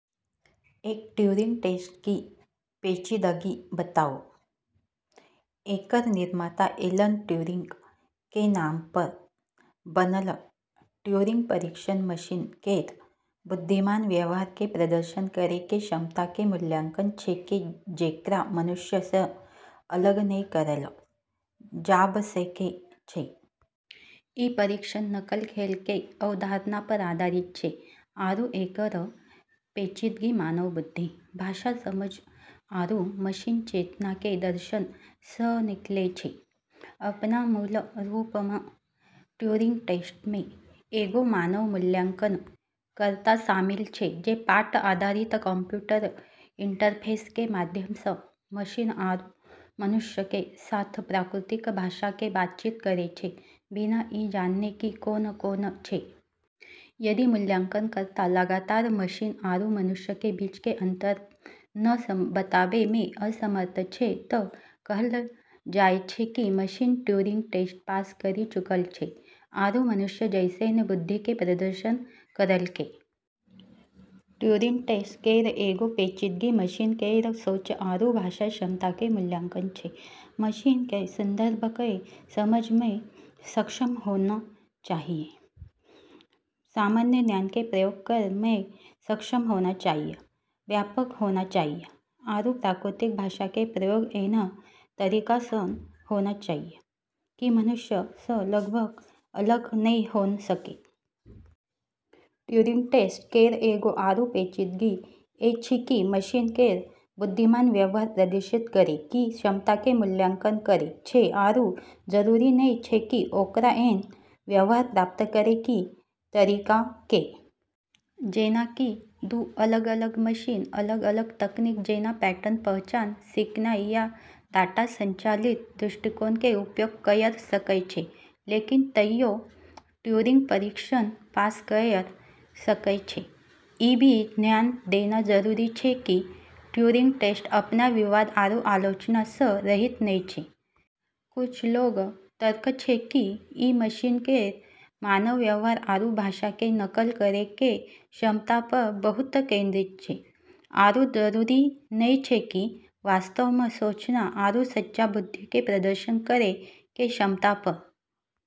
एक Turing test की पेचीदगि बताउ: एकरऽ निर्माता एलन ट्यूरिंग के नाम पऽ बनलऽ ट्यूरिंग परीक्षण मशीन केरऽ बुद्धिमान व्यवहार के प्रदर्शन करै के क्षमता के मूल्यांकन छेकै जेकरा मनुष्य सऽ अलग नै करलऽ जाब सकै छै। ई परीक्षण "नकल खेल" के अवधारणा पर आधारित छै आरू एकरऽ पेचीदगी मानव बुद्धि, भाषा समझ आरू मशीन चेतना के दर्शन सऽ निकलै छै। अपनऽ मूल रूप मऽ ट्यूरिंग टेस्ट म॑ एगो मानव मूल्यांकनकर्ता शामिल छै जे पाठ आधारित कंप्यूटर इंटरफेस के माध्यम सऽ मशीन आरू मनुष्य के साथ प्राकृतिक भाषा के बातचीत करै छै, बिना ई जानने कि कोन कोन छै। यदि मूल्यांकनकर्ता लगातार मशीन आरू मनुष्य के बीच के अंतर नै बताबै में असमर्थ छै तऽ कहलऽ जाय छै कि मशीन ट्यूरिंग टेस्ट पास करी चुकलऽ छै, आरू मनुष्य जैसनऽ बुद्धि के प्रदर्शन करलकै। ट्यूरिंग टेस्ट केरऽ एगो पेचीदगी मशीन केरऽ "सोच" आरू भाषा क्षमता के मूल्यांकन छै। मशीन कऽ संदर्भ कऽ समझै मऽ सक्षम होना चाहियऽ, सामान्य ज्ञान के प्रयोग करै मऽ सक्षम होना चाहियऽ, व्यापक ज्ञान होना चाहियऽ, आरू प्राकृतिक भाषा के प्रयोग ऐन्हऽ तरीका सऽ होना चाहियऽ कि मनुष्य सऽ लगभग अलग नै होय सकै। ट्यूरिंग टेस्ट केरऽ एगो आरू पेचीदगी ई छै कि ई मशीन केरऽ बुद्धिमान व्यवहार प्रदर्शित करै के क्षमता के मूल्यांकन करै छै आरू जरूरी नै छै कि ओकरा ऐन्हऽ व्यवहार प्राप्त करै के तरीका के। जेना कि दू अलग-अलग मशीन अलग-अलग तकनीक जेना पैटर्न पहचान, सीखनाय या डाटा संचालित दृष्टिकोण कें उपयोग कयर सकय छै, लेकिन तइयो, ट्यूरिंग परीक्षण पास करय सकय छै। ई भी ध्यान देना जरूरी छै कि ट्यूरिंग टेस्ट अपनऽ विवाद आरू आलोचना सऽ रहित नै छै। कुछ लोगऽ के तर्क छै कि ई मशीन केरऽ मानव व्यवहार आरू भाषा के नकल करै के क्षमता पऽ बहुत केंद्रित छै, आरू जरूरी नै छै कि वास्तव मऽ "सोचना" आरू सच्चा बुद्धि के प्रदर्शन करै के क्षमता पऽ।